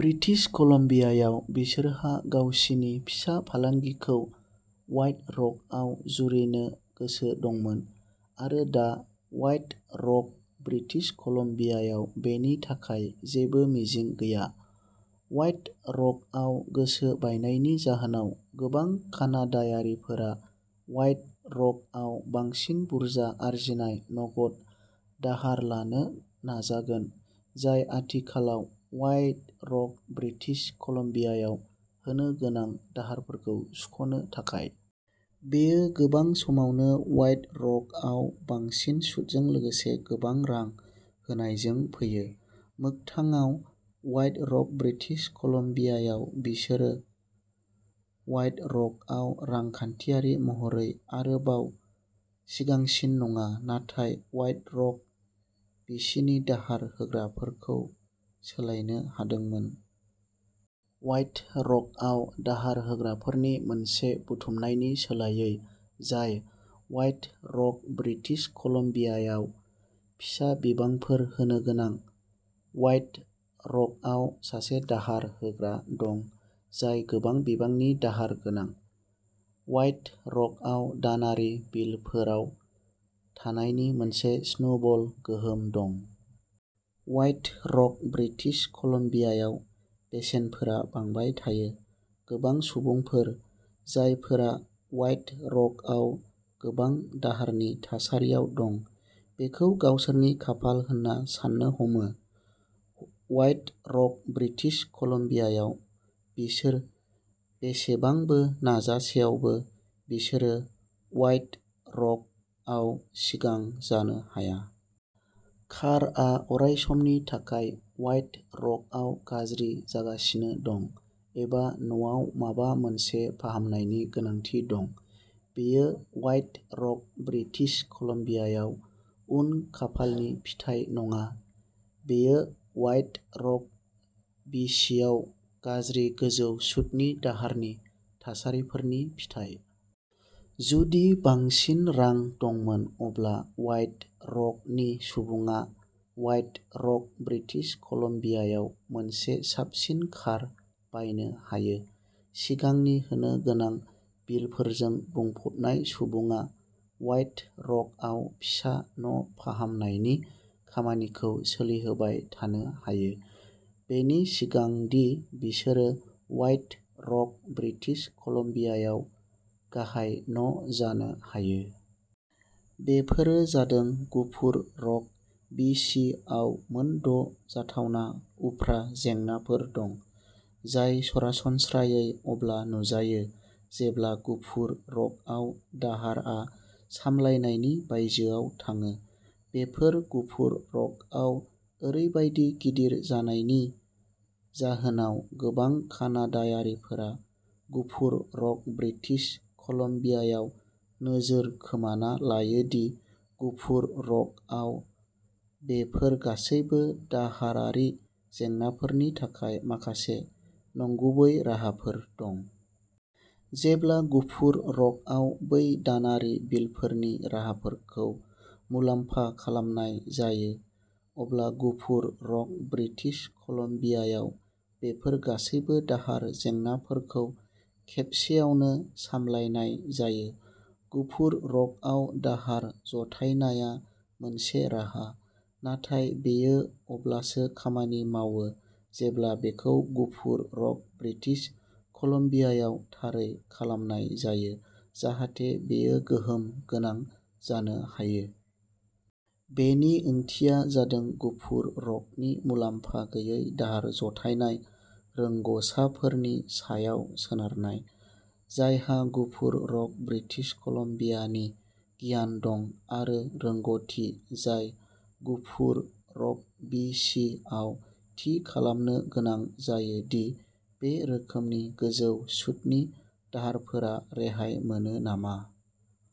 British कलम्बियायाव बिसोरहा गावसिनि फिसा फालांगिखौ व्हाइट रकआव जुरिनो गोसो दंमोन, आरो दा व्हाइट रक ब्रिटिश कलम्बियायाव बेनि थाखाय जेबो मिजिं गैया। व्हाइट रकआव गोसो बायनायनि जाहोनाव गोबां कानाडायारिफोरा व्हाइट रकआव बांसिन बुरजा आरजिनाय नगद दाहार लानो नाजागोन, जाय आथिखालाव व्हाइट रक ब्रिटिश कलम्बियायाव होनो गोनां दाहारफोरखौ सुख'नो थाखाय। बेयो गोबां समावनो व्हाइट रकआव बांसिन सुदजों लोगोसे गोबां रां होनायजों फैयो। मोगथाङाव व्हाइट रक ब्रिटिश कलम्बियायाव बिसोरो व्हाइट रकआव रांखान्थियारि महरै आरोबाव सिगांसिन नङा, नाथाय व्हाइट रक बिसिनि दाहार होग्राफोरखौ सोलायनो हादोंमोन। व्हाइट रकआव दाहार होग्राफोरनि मोनसे बुथुमनायनि सोलायै, जाय व्हाइट रक ब्रिटिश कलम्बियायाव फिसा बिबांफोर होनोगोनां, व्हाइट रकआव सासे दाहार होग्रा दं जाय गोबां बिबांनि दाहार गोनां। व्हाइट रकआव दानारि बिलफोराव थानायनि मोनसे स्नोबल गोहोम दं। ह्वाइट रक ब्रिटिश कलम्बियायाव बेसेनफोरा बांबाय थायो। गोबां सुबुंफोर, जायफोरा ह्वाइट रकआव गोबां दाहारनि थासारियाव दं, बेखौ गावसोरनि खाफाल होनना साननो हमो। ह्वाइट रक ब्रिटिश कलम्बियायाव बिसोर बेसेबांबो नाजासेयावबो बिसोरो ह्वाइट रकआव सिगां जानो हाया। कारआ अरायसमनि थाखाय ह्वाइट रकआव गाज्रि जागासिनो दं, एबा न'आव माबा मोनसे फाहामनायनि गोनांथि दं। बेयो ह्वाइट रक ब्रिटिश कलम्बियायाव उन खाफालनि फिथाय नङा; बेयो ह्वाइट रक बिसियाव गाज्रि गोजौ सुतनि दाहारनि थासारिफोरनि फिथाय। जुदि बांसिन रां दंमोन अब्ला ह्वाइट रकनि सुबुङा ह्वाइट रक ब्रिटिश कलम्बियायाव मोनसे साबसिन कार बायनो हायो। सिगांनि होनो गोनां बिलफोरजों बुंफबनाय सुबुङा ह्वाइट रकआव फिसा न'फाहामनायनि खामानिखौ सोलिहोबाय थानो हायो, बेनि सिगां दि बिसोरो ह्वाइट रक ब्रिटिश कलम्बियायाव गाहाय न'जानो हायो। बेफोरो जादों गुफुर रक बि सि आव मोन द' जाथावना उफ्रा जेंनाफोर दं, जाय सरासनस्रायै अब्ला नुजायो जेब्ला गुफुर रकआव दाहारआ सामलायनायनि बायजोआव थाङो। बेफोर गुफुर रकआव ओरैबायदि गिदिर जानायनि जाहोनाव गोबां कानाडायारिफोरा गुफुर रक ब्रिटिश कलम्बियायाव नोजोर खोमाना लायो दि गुफुर रकआव बेफोर गासैबो दाहारारि जेंनाफोरनि थाखाय माखासे नंगुबै राहाफोर दं। जेब्ला गुफुर रकआव बै दानारि बिलफोरनि राहाफोरखौ मुलाम्फा खालामनाय जायो, अब्ला गुफुर रक ब्रिटिश कलम्बियायाव बेफोर गासैबो दाहार जेंनाफोरखौ खेबसेआवनो सामलायनाय जायो। गुफुर रकआव दाहार जथायनाया मोनसे राहा, नाथाय बेयो अब्लासो खामानि मावो जेब्ला बेखौ गुफुर रक ब्रिटिश कलम्बियायाव थारै खालामनाय जायो, जाहाथे बेयो गोहोम गोनां जानो हायो। बेनि ओंथिया जादों गुफुर रकनि मुलाम्फा गैयै दाहार जथायनाय रोंग'साफोरनि सायाव सोनारनाय, जायहा गुफुर रक ब्रिटिश कलम्बियानि गियान दं आरो रोंग'थि जाय गुफुर रक बि सि आव थि खालामनो गोनां जायो दि बे रोखोमनि गोजौ सुतनि दाहारफोरा रेहाय मोनो नामा।